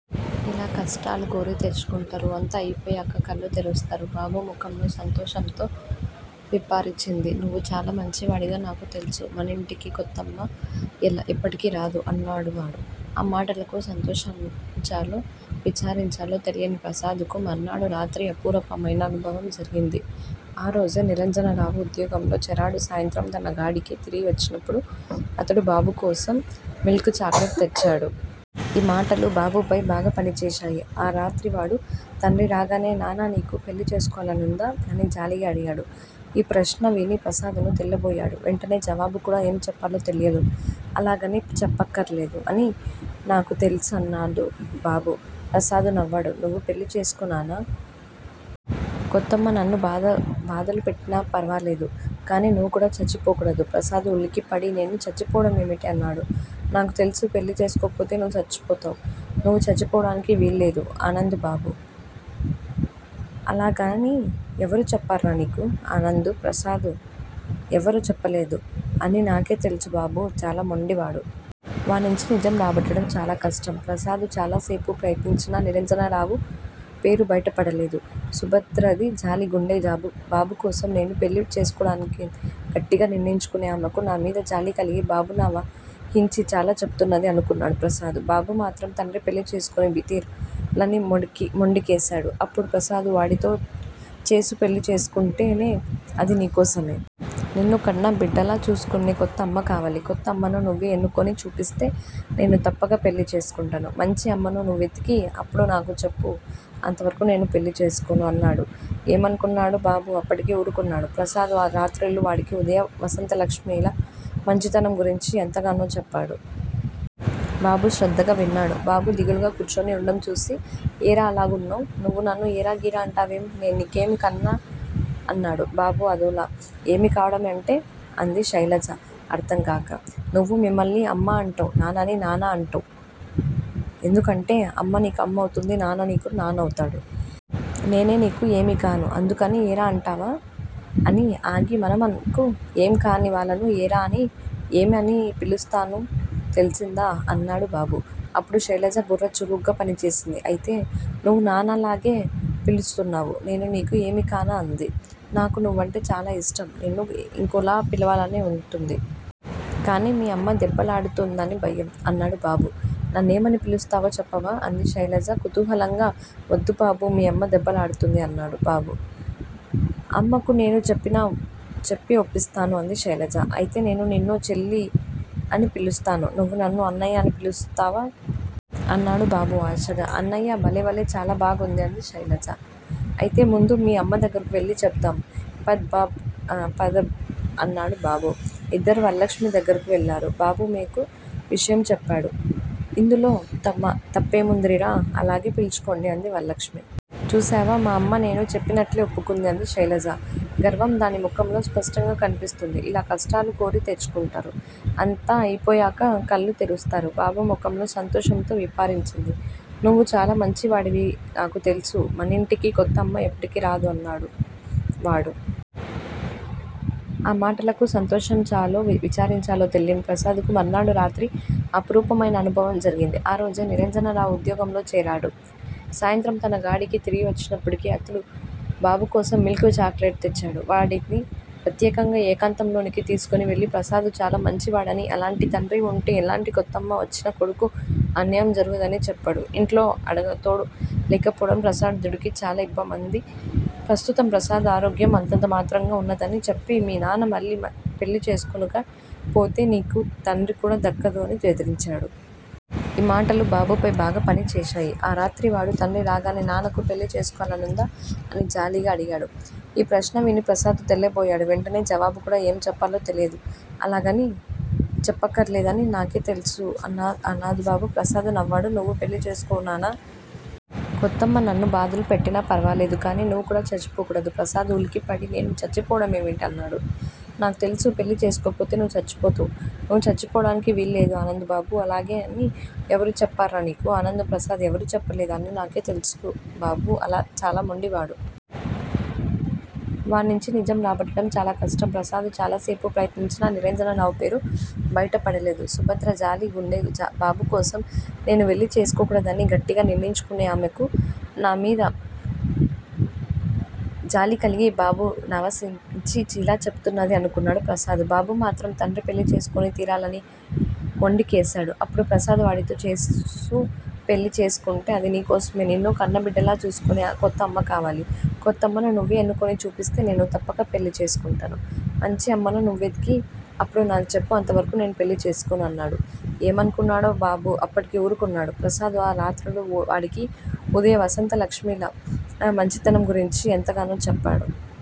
ఇలా కష్టాలు కోరి తెచ్చుకుంటారు అంతా అయిపోయాక కళ్లు తెరుస్తారు. బాబు ముఖంలో సంతోషంతో విప్పారించింది. నువ్వు చాలా మంచివాడివి నాకుతెలుసు. మనింటికి కొత్తమ్మ ఎప్పటికీరాడు అన్నాడువాడు. ఆ మాటలకు సంతోషంచాలో విచారించాలో తెలియని ప్రసాదుకు మర్నాడు రాత్రి అపురూపమైన అనుభవం జరిగింది. ఆ రోజే నిరంజనరావు ఉద్యోగంలో చేరాడు సాయంత్రం తన గాడికి తిరిగివచ్చినపుడు అతడు బాబుకోసం మిల్క్ చాక్లెట్ తెచ్చాడు. ఈ మాటలు బాబుపై బాగాపనిచేశాయి. ఆరాత్రి వాడు తండ్రిరాగానే నాన్న నీకు పెళ్ళిచేసుకోలనివుందా? అని జాలిగా అడిగాడు. ఈప్రష్ణ విని ప్రసాదు తెల్లబోయాడు వెంటనే జవాబుకూడా ఏం చెప్పాలో తెలియదు. అలాగని చెప్పక్కర్లేదు అన్నీ నాకే తెలుసు ఆనందు బాబు. ప్రసాదు నవ్వాడు. నువ్వు పెళ్ళిచేసుకో నాన్నా! కొత్తమ్మ నన్ను బాధలుపెట్టినాఫరవాలేదు. కానీ నువ్వుకూడా చచ్చిపోకూడదు ప్రసాదు ఉలిక్కిపడి నేను చచ్చిపోవడమేమిటి? అన్నాడు. నాకు తెలుసు. పెళ్ళిచేసుకోపోతే నువ్వు చచ్చిపోతావు. నువ్వు చచ్చిపోవడానికి వీల్లేదు ఆనందు బాబు. అలాగని ఎవరు చెప్పర్రా నీకు? ఆనందు ప్రసాదు. ఎవరూ చెప్పలేదు. అన్నీ నాకే తెలుసు బాబు చాలా మెండివాడు. వాణ్ణించి నిజం రాబట్టడం చాలా కష్టం. ప్రసాదు చాలాసేపు ప్రయత్నించినా నిరంజనరావుపేరు బయటపడలేదు. సుభద్రది జాలి గుండె బాబుకోసం నేను పెళ్ళి చేసుకోకూడదని గట్టిగ నిర్ణయించుకునే ఆమెకు నామీద జాలికలిగి బాబునావహించి ఇలా చెబుతున్నది అనుకున్నాడు ప్రసాదు. బాబుమాత్రం తండ్రిపెళ్ళిచేసుకుని తీరాలని మొండికేసాడు అప్పుడు ప్రసాదు వాడితో చేసు పెళ్ళిచేసుకుంటే అదినీకోసమే. నిన్ను కన్నబిడ్డలా చూసుకునే కొత్తఅమ్మకవాలి. కొత్తమ్మను నువ్వే ఎన్నుకుని చూపిస్తే నేను తప్పక పెళ్ళిచేసుకుంటాను. మంచి అమ్మను నువ్వేవెతికి అప్పుడు నాకుచెప్పు అంతవరకూ నేను పెళ్ళిచేసుకోను అన్నాడు. ఏమనుకున్నాడో బాబు అప్పటికి ఊరుకున్నాడు. ప్రసాదు ఆ రాత్రులూ వాడికి ఉదయ, వసంతలక్ష్మి ల మంచితనం గురించి ఎంతగానో చెప్పాడు. బాబు శ్రద్దగా విన్నాడు. బాబు దిగులుగా కూర్చుని ఉండంచూసి ఏరా అలాగున్నావు? నువ్వునన్ను ఏరాగిరా అంటావేం? నేనునీకేమీ కనా? అన్నాడు. బాబు అదోలా. ఏమీ కావడంఅంటే? అంది శైలజ అర్ధంకాక. నువ్వు మీమ్మని అమ్మాఅంటావు నాన్నని నాన్నా అంటావు ఎందుకంటే అమ్మనీకు అమ్మవుతుంది నాన్ననకు నాన్నవుతాడు. నేనేనీకు ఏమీకాను అందుకని ఏరా అంటావు అనిఆగి మనంమనకు ఏమీకాని వాళ్ళను ఏరా అనీ ఏమే అనీ పిలుస్తాను తెలిసిందా? అన్నాడు బాబు. అప్పుడు శైలజ బుర్ర చురుగ్గా పనిచేసింది అయితే నువ్వూనాన్నలాగే పిలుస్తున్నావు. నేనూనీకు ఏమీకానా? అంది. నాకునువ్వంటే చాలాఇష్టం. నిన్ను ఇంకోలాపిలవాలనే ఉంటుంది. కాని మీ అమ్మదెబ్బలాడుతుందనిభయం __ అన్నాడు బాబు. నన్నేమని పిలుస్తావో చెప్పావా? అంది శైలజ కుతుహాలంగా వద్దుబాబూ మీ అమ్మ దెబ్బలాడుతుంది __ అన్నాడు బాబు. అమ్మకు నేను చెప్పి ఒప్పిస్తానుగా అంది శైలజ. అయితే నేను నిన్ను చేల్లీఅని పిలుస్తాను. నువ్వు నన్ను అన్నయ్యా అని పులుస్తావా? అన్నాడు బాబు ఆశగా అన్నయ్య భలేభలే చాలా బాగుంది. అంది శైలజ అయితే ముందు మీ అమ్మదగ్గరకు వెళ్ళి చెబుదాం పద బ్ అన్నాడు బాబు. ఇద్దరూ వరలక్ష్మి దగ్గరకు వెళ్ళారు బాబుమేకు విషయం చెప్పాడ ఇందులో తమ తప్పేముదిర్రా అలాగే పీల్చుకొండి అంది వరలక్ష్మి చూశావా __ మా అమ్మ నేను చెప్పినట్లే ఒప్పుకుంది అంది శైలజ గర్వం దాని ముఖంలో స్పష్టంగా కనిపిస్తోంది. ఇలా కష్టాలు కోరి తెచ్చుకుంటారు అంతా అయిపోయాక కళ్లు తెరుస్తారు. బాబు ముఖంలో సంతోషంతో విప్పారించింది. నువ్వు చాలా మంచివాడివి నాకుతెలుసు. మనింటికి కొత్తమ్మ ఎప్పటికీరాడు అన్నాడువాడు. ఆ మాటలకు సంతోషంచాలో విచారించాలో తెలియని ప్రసాదుకు మర్నాడు రాత్రి అపురూపమైన అనుభవం జరిగింది. ఆ రోజే నిరంజనరావు ఉద్యోగంలో చేరాడు సాయంత్రం తన గాడికి తిరిగివచ్చినపుడు అతడు బాబుకోసం మిల్క్ చాక్లెట్ తెచ్చాడు. వాడిని ప్రత్యేకంగా ఏకాంతంలోనికి తీసుకునివెళ్ళి ప్రసాదుచాలా మంచివాడనీ అలాంటి తండ్రివుంటే ఎలాంటి కొత్తమ్మ వచ్చినా కొడుక్కు అన్యాయం జరుగుదనీ చెప్పాడు ఇంట్లో అడతోడు లేకపోవడం ప్రసాడుకి చాలా ఇమ్బ్బందిఅనీ, ప్రస్తుతం ప్రసాదు ఆరోగ్యం అంతంతమాత్రంగా వున్నదనీ చెప్పి మీ నాన్న మళ్ళీ పెళ్ళిచేసుకొనక పొతేనీకు తండ్రికూడా దక్కదు అని బెదిరించాడు. ఈ మాటలు బాబుపై బాగాపనిచేశాయి. ఆరాత్రి వాడు తండ్రిరాగానే నాన్ననీకు పెళ్ళిచేసుకోలనివుందా? అని జాలిగా అడిగాడు. ఈప్రష్ణ విని ప్రసాదు తెల్లబోయాడు వెంటనే జవాబుకూడా ఏం చెప్పాలో తెలియదు. అలాగని చెప్పక్కర్లేదు అన్నీ నాకే తెలుసు ఆనందు బాబు. ప్రసాదు నవ్వాడు. నువ్వు పెళ్ళిచేసుకో నాన్నా! కొత్తమ్మ నన్ను బాధలుపెట్టినాఫరవాలేదు. కానీ నువ్వుకూడా చచ్చిపోకూడదు ప్రసాదు ఉలిక్కిపడి నేను చచ్చిపోవడమేమిటి? అన్నాడు. నాకు తెలుసు. పెళ్ళిచేసుకోపోతే నువ్వు చచ్చిపోతావు. నువ్వు చచ్చిపోవడానికి వీల్లేదు ఆనందు బాబు. అలాగని ఎవరు చెప్పర్రా నీకు? ఆనందు ప్రసాదు. ఎవరూ చెప్పలేదు. అన్నీ నాకే తెలుసు బాబు ఆలా చాలా మెండివాడు. వాణ్ణించి నిజం రాబట్టడం చాలా కష్టం. ప్రసాదు చాలాసేపు ప్రయత్నించినా నిరంజనరావుపేరు బయటపడలేదు. సుభద్రది జాలి గుండె బాబుకోసం నేను పెళ్ళి చేసుకోకూడదని గట్టిగ నిర్ణయించుకునే ఆమెకు నామీద జాలికలిగి బాబునావహించి ఇలా చెబుతున్నది అనుకున్నాడు ప్రసాదు. బాబుమాత్రం తండ్రిపెళ్ళిచేసుకుని తీరాలని మొండికేసాడు అప్పుడు ప్రసాదు వాడితో __ చేసు పెళ్ళిచేసుకుంటే అదినీకోసమే. నిన్ను కన్నబిడ్డకులా చూసుకునే కొత్తఅమ్మకవాలి. కొత్తమ్మను నువ్వే ఎన్నుకుని చూపిస్తే నేను తప్పక పెళ్ళిచేసుకుంటాను. మంచి అమ్మను నువ్వేవెతికి అప్పుడు నాకుచెప్పు అంతవరకూ నేను పెళ్ళిచేసుకోను అన్నాడు. ఏమనుకున్నాడో బాబు అప్పటికి ఊరుకున్నాడు. ప్రసాదు ఆ రాత్రులూ వాడికి ఉదయ, వసంతలక్ష్మి ల మంచితనం గురించి ఎంతగానో చెప్పాడు.